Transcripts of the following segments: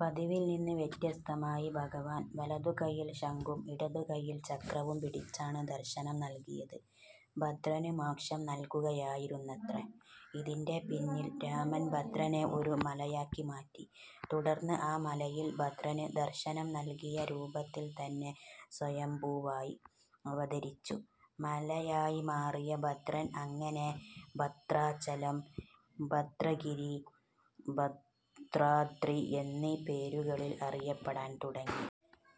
പതിവിൽ നിന്ന് വ്യത്യസ്തമായി ഭഗവാൻ വലതുകയ്യിൽ ശംഖും ഇടതുകയ്യിൽ ചക്രവും പിടിച്ചാണ് ദർശനം നൽകിയത്. ഭദ്രന് മോക്ഷം നൽകുകയായിരുന്നത്രേ ഇതിന്റെ പിന്നിൽ. രാമൻ ഭദ്രനെ ഒരു മലയാക്കി മാറ്റി. തുടർന്ന്, ആ മലയിൽ ഭദ്രന് ദർശനം നൽകിയ രൂപത്തിൽ തന്നെ സ്വയംഭൂവായി അവതരിച്ചു. മലയായി മാറിയ ഭദ്രൻ, അങ്ങനെ 'ഭദ്രാചലം', 'ഭദ്രഗിരി', 'ഭദ്രാദ്രി' എന്നീ പേരുകളിൽ അറിയപ്പെടാൻ തുടങ്ങി.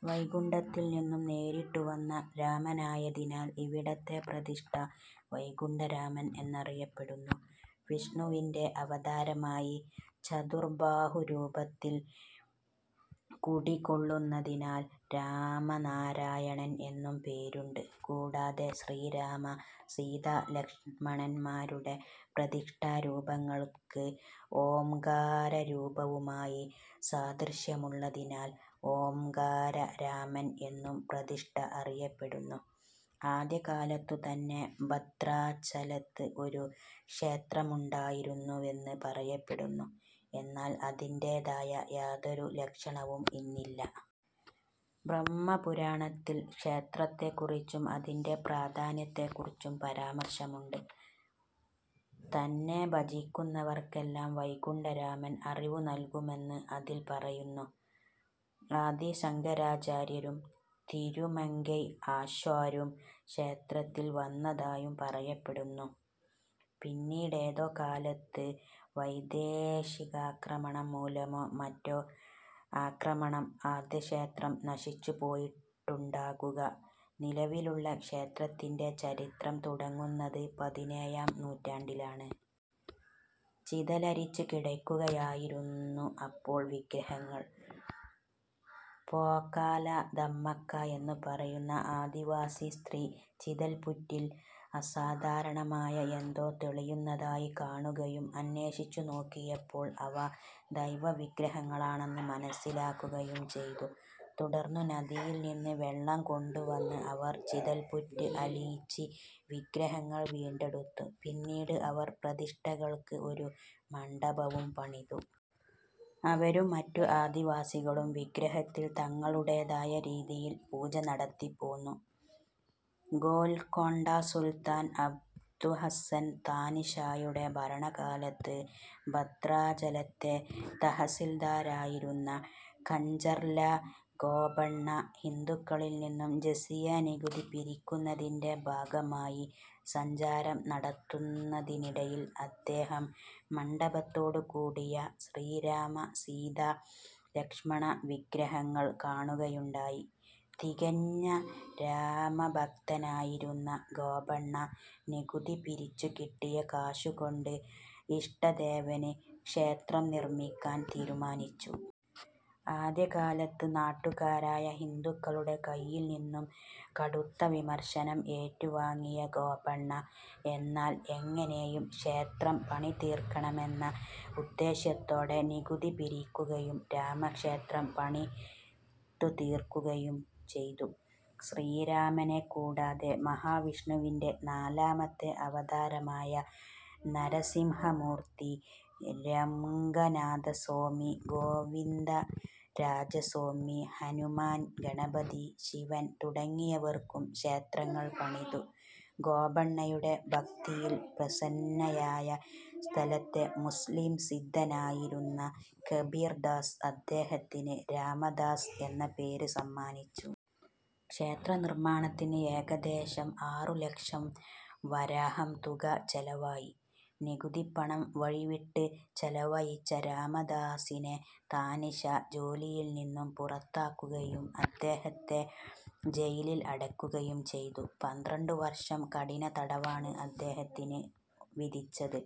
വൈകുണ്ഠത്തിൽ നിന്ന് നേരിട്ടുവന്ന രാമനായതിനാൽ, ഇവിടത്തെ പ്രതിഷ്ഠ 'വൈകുണ്ഠ രാമൻ' എന്നറിയപ്പെടുന്നു. വിഷ്ണുവിന്റെ അവതാരമായി ചതുർബാഹുരൂപത്തിൽ കുടികൊള്ളുന്നതിനാൽ 'രാമനാരായണൻ' എന്നും പേരുണ്ട്. കൂടാതെ, ശ്രീരാമ-സീതാ-ലക്ഷ്മണന്മാരുടെ പ്രതിഷ്ഠാരൂപങ്ങൾക്ക് ഓംകാരരൂപവുമായി സാദൃശ്യമുള്ളതിനാൽ, 'ഓംകാരരാമൻ' എന്നും പ്രതിഷ്ഠ അറിയപ്പെടുന്നു. ആദ്യകാലത്തുതന്നെ ഭദ്രാചലത്ത് ഒരു ക്ഷേത്രമുണ്ടായിരുന്നുവെന്ന് പറയപ്പെടുന്നു. എന്നാൽ, അതിന്റേതായ യാതൊരു ലക്ഷണവും ഇന്നില്ല. ബ്രഹ്മപുരാണത്തിൽ ക്ഷേത്രത്തെക്കുറിച്ചും അതിന്റെ പ്രാധാന്യത്തെക്കുറിച്ചും പരാമർശമുണ്ട്. തന്നെ ഭജിയ്ക്കുന്നവർക്കെല്ലാം വൈകുണ്ഠരാമൻ അറിവു നൽകുമെന്ന് അതിൽ പറയുന്നു. ആദി ശങ്കരാചാര്യരും തിരുമങ്കൈ ആഴ്വാരും ക്ഷേത്രത്തിൽ വന്നതായും പറയപ്പെടുന്നു. പിന്നീടേതോ കാലത്ത് വൈദേശികാക്രമണം മൂലമോ മറ്റോ ആകണം ആദ്യക്ഷേത്രം നശിച്ചുപോയിട്ടുണ്ടാകുക. നിലവിലുള്ള ക്ഷേത്രത്തിന്റെ ചരിത്രം തുടങ്ങുന്നത് പതിനേഴാം നൂറ്റാണ്ടിലാണ്. ചിതലരിച്ചുകിടക്കുകയായിരുന്നു അപ്പോൾ വിഗ്രഹങ്ങൾ. പോകാല ദമ്മക്ക എന്നുപറയുന്ന ആദിവാസി സ്ത്രീ ചിതൽപ്പുറ്റിൽ അസാധാരണമായ എന്തോ തെളിയുന്നതായി കാണുകയും അന്വേഷിച്ചുനോക്കിയപ്പോൾ അവ ദൈവവിഗ്രഹങ്ങളാണെന്ന് മനസ്സിലാക്കുകയും ചെയ്തു. തുടർന്ന്, നദിയിൽ നിന്ന് വെള്ളം കൊണ്ടുവന്ന് അവർ ചിതൽപ്പുറ്റ് അലിയിച്ച് വിഗ്രഹങ്ങൾ വീണ്ടെടുത്തു. പിന്നീട് അവർ പ്രതിഷ്ഠകൾക്ക് ഒരു മണ്ഡപവും പണിതു. അവരും മറ്റ് ആദിവാസികളും വിഗ്രഹത്തിൽ തങ്ങളുടേതായ രീതിയിൽ പൂജ നടത്തിപ്പോന്നു. ഗോൽക്കൊണ്ട സുൽത്താൻ അബ്ദുഹസ്സൻ താനിഷായുടെ ഭരണകാലത്ത്, ഭദ്രാചലത്തെ തഹസിൽദാരായിരുന്ന കഞ്ചർല ഗോപണ്ണ ഹിന്ദുക്കളിൽ നിന്ന് ജസിയ നികുതി പിരിയ്ക്കുന്നതിന്റെ ഭാഗമായി സഞ്ചാരം നടത്തുന്നതിനിടയിൽ, അദ്ദേഹം മണ്ഡപത്തോടുകൂടിയ ശ്രീരാമ-സീതാ-ലക്ഷ്മണവിഗ്രഹങ്ങൾ കാണുകയുണ്ടായി. തികഞ്ഞ രാമഭക്തനായിരുന്ന ഗോപണ്ണ നികുതി പിരിച്ചുകിട്ടിയ കാശുകൊണ്ട് ഇഷ്ടദേവന് ക്ഷേത്രം നിർമ്മിയ്ക്കാൻ തീരുമാനിച്ചു. ആദ്യകാലത്ത് നാട്ടുകാരായ ഹിന്ദുക്കളുടെ കയ്യിൽ നിന്ന് കടുത്ത വിമർശനം ഏറ്റുവാങ്ങിയ ഗോപണ്ണ, എന്നാൽ എങ്ങനെയും ക്ഷേത്രം പണിതീർക്കണമെന്ന ഉദ്ദേശ്യത്തോടെ നികുതി പിരിയ്ക്കുകയും രാമക്ഷേത്രം പണിതുതീർക്കുകയും ചെയ്തു. ശ്രീരാമനെക്കൂടാതെ മഹാവിഷ്ണുവിന്റെ നാലാമത്തെ അവതാരമായ നരസിംഹമൂർത്തി, രംഗനാഥസ്വാമി, ഗോവിന്ദരാജസ്വാമി, ഹനുമാൻ, ഗണപതി, ശിവൻ തുടങ്ങിയവർക്കും ക്ഷേത്രങ്ങൾ പണിതു. ഗോപണ്ണയുടെ ഭക്തിയിൽ പ്രസന്നനായ സ്ഥലത്തെ മുസ്ലിം സിദ്ധനായിരുന്ന കബീർദാസ്, അദ്ദേഹത്തിന് 'രാമദാസ്' എന്ന പേര് സമ്മാനിച്ചു. ക്ഷേത്രനിർമ്മാണത്തിന് ഏകദേശം ആറുലക്ഷം വരാഹം തുക ചെലവായി. നികുതിപ്പണം വഴിവിട്ട് ചെലവഴിച്ച രാമദാസിനെ താനിഷാ ജോലിയിൽ നിന്ന് പുറത്താക്കുകയും അദ്ദേഹത്തെ ജയിലിൽ അടയ്ക്കുകയും ചെയ്തു. പന്ത്രണ്ടുവർഷം കഠിനതടവാണ് അദ്ദേഹത്തിന് വിധിച്ചത്.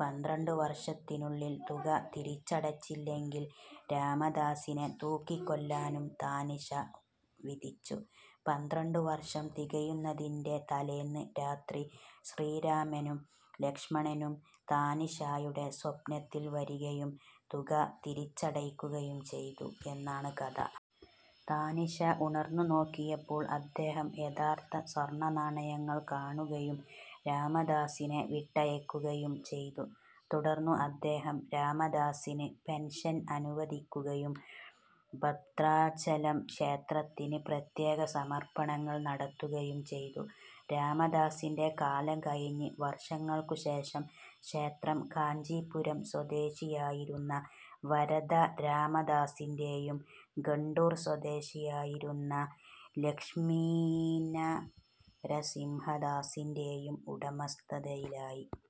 പന്ത്രണ്ടുവർഷത്തിനുള്ളിൽ തുക തിരിച്ചടച്ചില്ലെങ്കിൽ രാമദാസിനെ തൂക്കിക്കൊല്ലാനും താനിഷാ വിധിച്ചു. പന്ത്രണ്ടുവർഷം തികയുന്നതിന്റെ തലേന്ന് രാത്രി ശ്രീരാമനും ലക്ഷ്മണനും താനിഷായുടെ സ്വപ്നത്തിൽ വരികയും തുക തിരിച്ചടയ്ക്കുകയും ചെയ്തു എന്നാണ് കഥ. താനിഷാ ഉണർന്നുനോക്കിയപ്പോൾ അദ്ദേഹം യഥാർത്ഥ സ്വർണ്ണനാണയങ്ങൾ കാണുകയും രാമദാസിനെ വിട്ടയയ്ക്കുകയും ചെയ്തു. തുടർന്ന് അദ്ദേഹം രാമദാസിന് പെൻഷൻ അനുവദിയ്ക്കുകയും ഭദ്രാചലം ക്ഷേത്രത്തിന് പ്രത്യേക സമർപ്പണങ്ങൾ നടത്തുകയും ചെയ്തു. രാമദാസിന്റെ കാലം കഴിഞ്ഞ് വർഷങ്ങൾക്കുശേഷം, ക്ഷേത്രം കാഞ്ചീപുരം സ്വദേശിയായിരുന്ന വരദ രാമദാസിന്റെയും ഗുണ്ടൂർ സ്വദേശിയായിരുന്ന ലക്ഷ്മീനരസിംഹദാസിന്റെയും ഉടമസ്ഥതയിലായി.